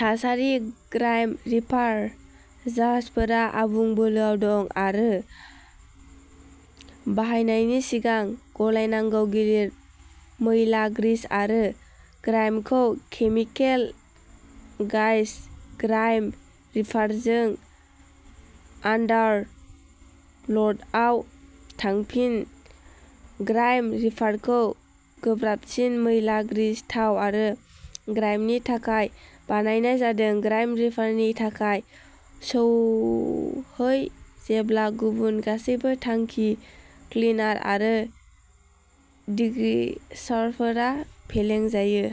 थासारि ग्राइम रिपार जाहाजफोरा आबुं बोलोआव दं आरो बाहायनायनि सिगां गलायनांगौ गिलिर मैला ग्रीस आरो ग्राइमखौ केमिकेल गाइज ग्राइम रिपारजों आन्डारर्ल्डआव थांफिन ग्राइम रिपारखौ गोब्राबसिन मैला ग्रीस थाव आरो ग्राइमनि थाखाय बानायनाय जादों ग्राइम रिपारनि थाखाय सौहै जेब्ला गुबुन गासैबो थांखि क्लिनार आरो डिगेसारफोरा फेलें जायो।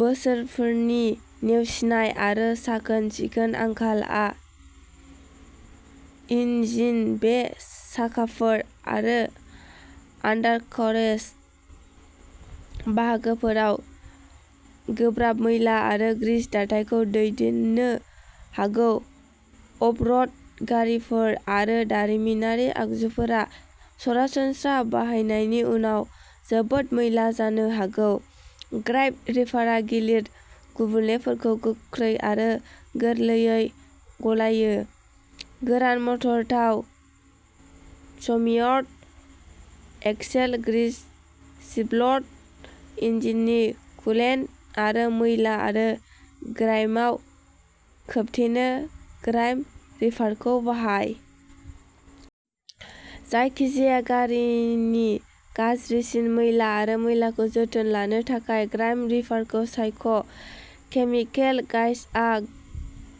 बोसोरफोरनि नेवसिनाय आरो साखोन सिखोननि आंखालआ इन्जिन बे साखाफोर आरो आन्डारकारेज बाहागोफोराव गोब्राब मैला आरो ग्रीस दाथायखौ दैदेननो हागौ। अफ र'ड गारिफोर आरो दारिमिनारि आगजुफोरा सरासनस्रा बाहायनायनि उनाव जोबोद मैला जानो हागौ। ग्राइम रिपारआ गिलिर गुबुंलेफोरखौ गोख्रै आरो गोरलैयै गलायो गोरान मटर थाव smeared axle grease spilled engine coolant आरो मैला आरो ग्राइमाव खोबथेनो ग्राइम रिपारखौ बाहाय। जायखिजाया गारिनि गाज्रिसिन मैला आरो मैलाखौ जोथोन लानो थाखाय ग्राइम रिपारखौ सायख' केमिकेल गाइजआ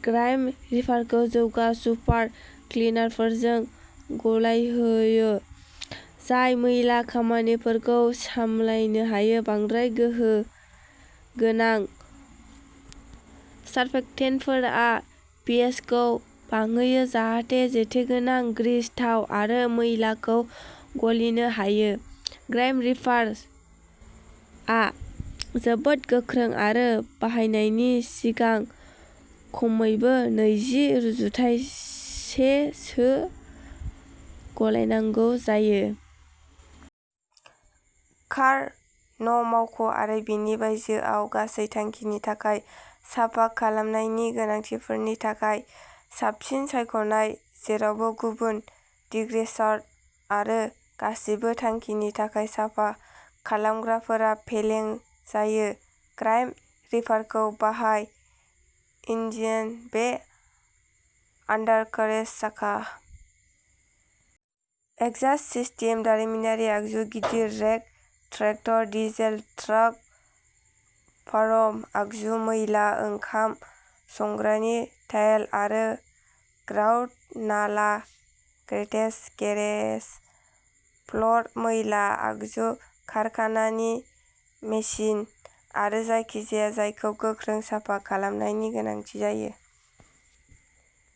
ग्राइम रिपारखौ जौगा सुपार क्लिनारफोरजों गलायहोयो जाय मैला खामानिफोरखौ सामलायनो हायो बांद्राय गोहो गोनां सार्फेक्टेन्टफोरा पिएचखौ बांहोयो जाहाथे जेथोगोनां ग्रीस थाव आरो मैलाखौ गलिनो हायो ग्राइम रिपारआ जोबोद गोख्रों आरो बाहायनायनि सिगां खमैबो नैजि रुजुथाइ से सो गलायनांगौ जायो। कार न मावख' आरो बेनि बायजोआव गासै थांखिनि थाखाय साफा खालामनायनि गोनांथिफोरनि थाखाय साबसिन सायख'नाय जेरावबो गुबुन डिग्रेसार आरो गासिबो थांखिनि थाखाय साफा खालामग्राफोरा फेलें जायो ग्राइम रिपारखौ बाहाय इन्जिन बे आन्डारकारेज साखा एग्जास्ट सिस्टेम दारिमिनारि आगजु गिदिर rig tractor diesel truck farm आगजु मैला ओंखाम संग्रानि टाइल आरो ग्राउट नाला ग्रेट्स गेरेज फ्ल'र मैला आगजु कारखानानि मेसिन आरो जायखिजाया जायखौ गोख्रों साफा खालामनायनि गोनांथि जायो